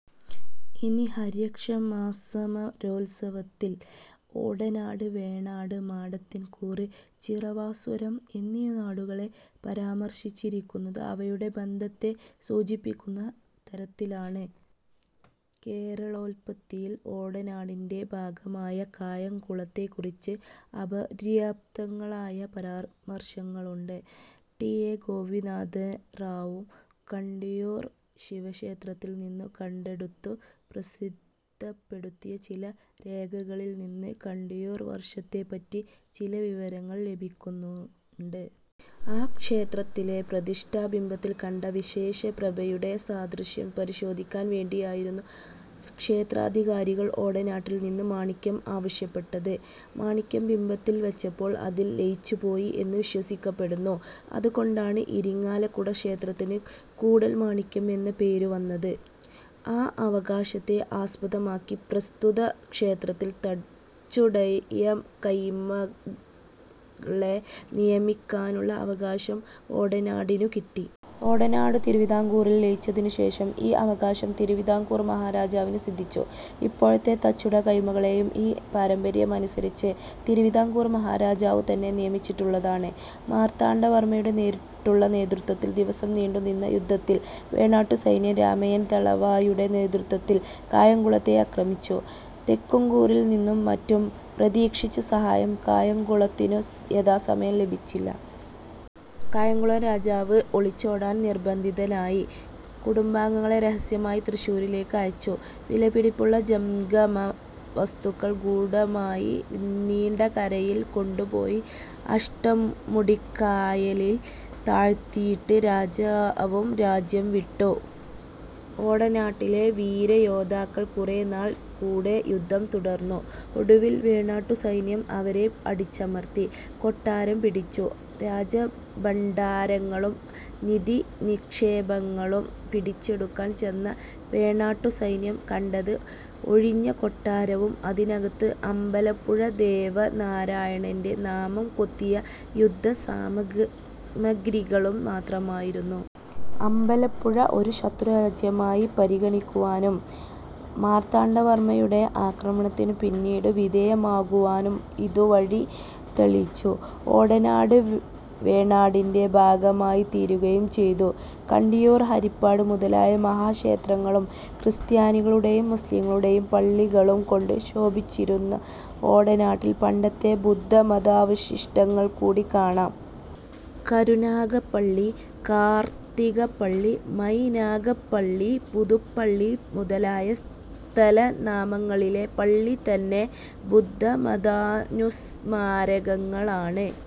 ഇനി ഹര്യക്ഷമാസ്സമരോത്സവത്തിൽ ഓടനാട്, വേണാട്, മാടത്തിൻകൂറ്, ചിറവാസ്വരൂപം എന്നീ നാടുകളെ പരാമർശിച്ചിരിക്കുന്നത് അവയുടെ ബന്ധത്തെ സൂചിപ്പിക്കുന്ന തരത്തിലാണ്. കേരളോത്പത്തിയിൽ ഓടനാടിന്റെ ഭാഗമായ കായംകുളത്തെകുറിച്ച് അപര്യാപ്തങ്ങളായ പരാമർശങ്ങളുണ്ട്. ടി. എ. ഗോപിനാഥറാവു കണ്ടിയൂർ ശിവക്ഷേത്രത്തിൽ നിന്നു കണ്ടെടുത്തു പ്രസിദ്ധപ്പെടുത്തിയ ചില രേഖകളിൽ നിന്ന് കണ്ടിയൂർ വർഷത്തെപ്പറ്റി ചില വിവരങ്ങൾ ലഭിക്കുന്നുണ്ട്. ആ ക്ഷേത്രത്തിലെ പ്രതിഷ്ഠാബിംബത്തിൽ കണ്ട വിശേഷ പ്രഭയുടെ സാദൃശ്യം പരിശോധിക്കാൻ വേണ്ടിയായിരുന്നു ക്ഷേത്രാധികാരികൾ ഓടനാട്ടിൽ നിന്ന് മാണിക്യം ആവശ്യപ്പെട്ടത്. മാണിക്യം ബിംബത്തിൽ വച്ചപ്പോൾ അതിൽ ലയിച്ചുപോയി എന്നു വിശ്വസിക്കപ്പെടുന്നു. അതുകൊണ്ടാണ് ഇരിങ്ങാലക്കുട ക്ഷേത്രത്തിന് കൂടൽമാണിക്യം എന്ന പേരു വന്നത്. ആ അവകാശത്തെ ആസ്പദമാക്കി പ്രസ്തുത ക്ഷേത്രത്തിൽ തച്ചുടയകൈമളെ നിയമിക്കാനുള്ള അവകാശം ഓടനാടിനു കിട്ടി. ഓടനാടു തിരുവിതാംകൂറിൽ ലയിച്ചതിനുശേഷം ഈ അവകാശം തിരുവിതാംകൂർ മഹാരാജാവിന് സിദ്ധിച്ചു. ഇപ്പോഴത്തെ തച്ചുടയകൈമളെയും ഈ പാരമ്പര്യാവകാശമനുസരിച്ച് തിരുവിതാംകൂർ മഹാരാജാവുതന്നെ നിയമിച്ചിട്ടുള്ളതാണ്. മാർത്താണ്ഡവർമയുടെ നേരിട്ടുള്ള നേതൃത്വത്തിൽ ദിവസം നീണ്ടുനിന്ന യുദ്ധത്തിൽ വേണാട്ടുസൈന്യം രാമയ്യൻ ദളവായുടെ നേതൃത്വവത്തിൽ കായംകുളത്തെ ആക്രമിച്ചു. തെക്കുംകൂറിൽനിന്നും മറ്റും പ്രതീക്ഷിച്ച സഹായം കായംകുളത്തിനു യഥാസമയം ലഭിച്ചില്ല. കായംകുളം രാജാവ് ഒളിച്ചോടാൻ നിർബ്ദന്ധിതനായി. കുടുബാംഗങ്ങളെ രഹസ്യമായി തൃശ്ശൂരിലേക്ക് അയച്ചു. വിലപിടിപ്പുള്ള ജംഗമ വസ്തുക്കൾ ഗൂഢമായി നീണ്ടകരയിൽ കൊണ്ടുപോയി അഷ്ടമുടിക്കായലിൽ താഴ്ത്തിയിട്ട് രജാവും രജ്യം വിട്ടു. ഓടനാട്ടിലെ വീരയോദ്ധാക്കൾ കുറേനാൾ കൂടെ യുദ്ധം തുടർന്നു. ഒടുവിൽ വേണാട്ടുസൈന്യം അവരെ അടിച്ചമർത്തി. കൊട്ടാരം പിടിച്ചു. രാജഭണ്ഡാരങ്ങളും നിധിനിക്ഷേപങ്ങളും പിടിച്ചെടുക്കാൻ ചെന്ന വേണാട്ടുസൈന്യം കണ്ടത് ഒഴിഞ്ഞകൊട്ടാരവും അതിനകത്ത് അമ്പലപ്പുഴ ദേവനാരായണന്റെ നാമം കൊത്തിയ യുദ്ധസാമഗ്രികളും മത്രമായിരുന്നു. അമ്പലപ്പുഴ ഒരു ശത്രുരാജ്യമായി പരിഗണിക്കുവാനും മാർത്താണ്ഡവർമയുടെ ആക്രമണത്തിനു പിന്നീടു വിധേയമാകുവാനും ഇതു വഴി തെളിച്ചു. ഓടനാട് വേണാടിന്റെ ഭാഗമായിത്തീരുകയും ചെയ്തു. കണ്ടിയൂർ, ഹരിപ്പാട് മുതലായ മഹാക്ഷേത്രങ്ങളും ക്രിസ്ത്യാനികളുടെയും, മുസ്ലീങ്ങളുടെയും പള്ളികളുംകൊണ്ട് ശോഭിച്ചിരുന്ന ഓടനാട്ടിൽ പണ്ടത്തെ ബുദ്ധമതാവശിഷ്ടങ്ങൾകൂടി കാണാം. കരുനാഗപ്പള്ളി, കാർതികപ്പള്ളി, മൈനാഗപ്പള്ളി, പുതുപ്പള്ളി മുതലായ സ്ഥലനാമങ്ങളിലെ പള്ളിതന്നെ ബുദ്ധമതാനുസ്മാരകങ്ങളാണ്.